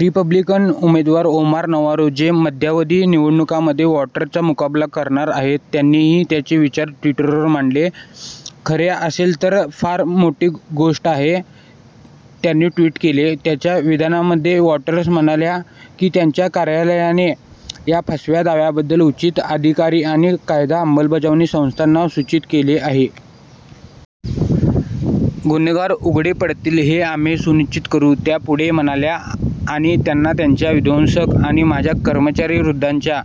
Republican उमेदवार Omar Navarro, जे मध्यावधी निवडणूकांमध्ये वाटर्सचा मुकाबला करणार आहेत, त्यांनीही त्यांचे विचार ट्विटरवर मांडले. "खरे असेल तर फार मोठी गोष्ट आहे," त्यांनी ट्विट केले. त्यांच्या विधानामध्ये वॉटर्स म्हणाल्या की त्यांच्या कार्यालयाने "या फसव्या दाव्यांबद्दल उचित अधिकारी आणि कायदा अंमलबजावणी संस्थांना सूचित केले आहे. "गुन्हेगार उघडे पडतील हे आम्ही सुनिश्चित करू," त्या पुढे म्हणाल्या, "आणि त्यांना त्यांच्या विध्वंसक आणि माझ्या कर्मचारीवृंदाच्या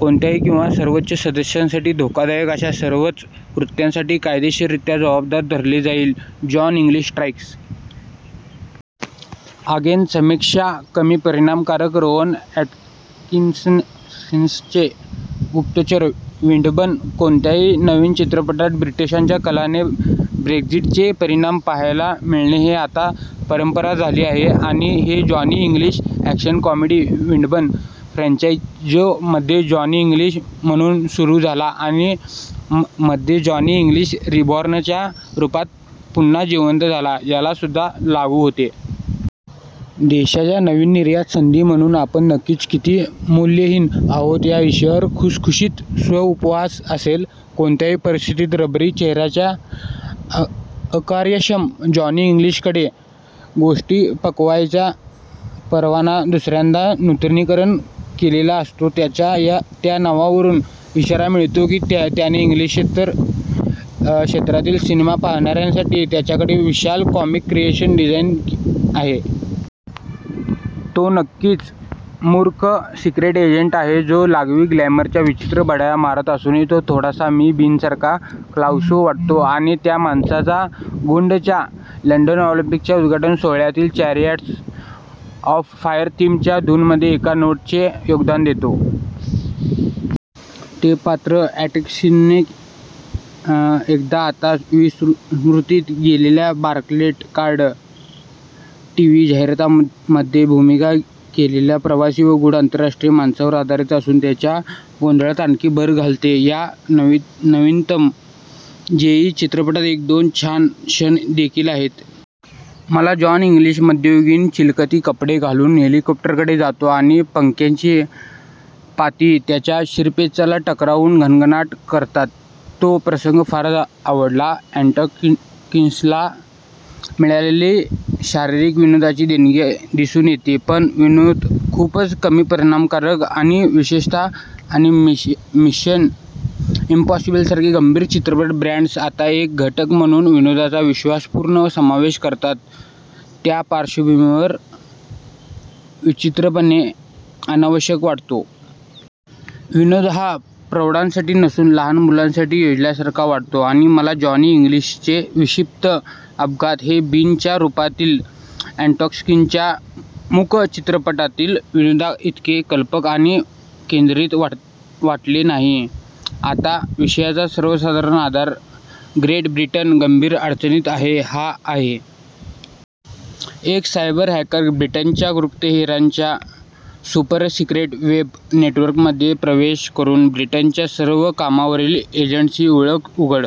कोणत्याही किंवा सर्वच सदस्यांसाठी धोकादायक अशा सर्वच कृत्यांसाठी कायदेशीररित्या जबाबदार धरले जाईल. " जॉन इंग्लिश स्ट्राइक्स अगेन समीक्षा कमी परिणामकारक रोवॅन अॅटकिन्सनचे गुप्तचर विडंबन कोणत्याही नवीन चित्रपटात ब्रिटिशांच्या कलाने ब्रेक्झिटचे परिणाम पहायला मिळणे ही आता परंपरा झाली आहे आणि हे जॉनी इंग्लिश अॅक्शन-कॉमेडी विडंबन फ्रँचाइज जो मध्ये जॉनी इंग्लिश म्हणून सुरु झाला आणि मध्ये जॉनी इंग्लिश रिबॉर्नच्या रूपात पुन्हा जीवंत झाला, याला सुद्धा लागू होते. देशाच्या नवीन निर्यात संधी म्हणून आपण नक्कीच किती मूल्यहीन आहोत या विषयावर खुसखुशीत स्व-उपहास असेल? कोणत्याही परिस्थितीत, रबरी चेहऱ्याच्या अकार्यक्षम जॉनी इंग्लिशकडे गोष्टी पकवायचा परवाना दुसऱ्यांदा नूतनीकरण केलेला असतो त्याच्या त्या नावावरून इशारा मिळतो की त्याने इंग्लिशेतर क्षेत्रांतील सिनेमा पाहणाऱ्यांसाठी त्याच्याकडे विशाल कॉमिक क्रिएशन डिझाइन आहे. तो नक्कीच मूर्ख सिक्रेट एजंट आहे जो लाघवी ग्लॅमरच्या विचित्र बढाया मारत असूनही तो थोडासा मि. बीनसारखा क्लाउसो वाटतो आणि त्या माणसाचा गुंड च्या लंडन ऑलिंपिक्सच्या उद्घाटन सोहळ्यातील चॅरिऑट्स ऑफ फायर थीम च्या धूनमध्ये एका नोटचे योगदान देतो. ते पात्र अॅटकिन्सनने एकदा आता विस्मृतीत गेलेल्या बार्क्लेकार्ड टीव्ही जाहिरातींमध्ये भूमिका केलेल्या प्रवासी व गूढ आंतरराष्ट्रीय माणसावर आधारित असून त्याच्या गोंधळात आणखी भर घालते. या नवीनतम जेई चित्रपटात एक-दोन छान क्षण देखील आहेत. मला जॉन इंग्लिश मध्ययुगीन चिलखती कपडे घालून हेलिकॉप्टरकडे जातो आणि पंख्यांची पाती त्याच्या शिरपेचाला टकरावून घणघणाट करतात तो प्रसंग फारच आवडला. अॅटकिन्सला मिळालेली शारीरिक विनोदाची देणगी दिसून येते पण, विनोद खूपच कमी परिणामकारक आणि विशेषतः आणि मिशन इम्पॉसिबल सारखे "गंभीर" चित्रपट ब्रँड्स आता एक घटक म्हणून विनोदाचा विश्वासपूर्ण समावेश करतात त्या पार्श्वभूमीवर विचित्रपणे अनावश्यक वाटतो. विनोद हा प्रौढांसाठी नसून लहान मुलांसाठी योजल्यासारखा वाटतो आणि मला जॉनी इंग्लिशचे विक्षिप्त अपघात हे बीनच्या रूपातील अॅटकिन्सनच्या मूक-चित्रपटातील विनोदांइतके कल्पक आणि केंद्रित वाटले नाहीत. आता विषयाचा सर्वसाधारण आधार ग्रेट ब्रिटन गंभीर अडचणीत आहे हा आहे. एक सायबर-हॅकर ब्रिटनच्या गुप्तहेरांच्या सुपर-सिक्रेट वेब नेटवर्कमध्ये प्रवेश करून ब्रिटनच्या सर्व कामावरील एजंट्सची ओळख उघड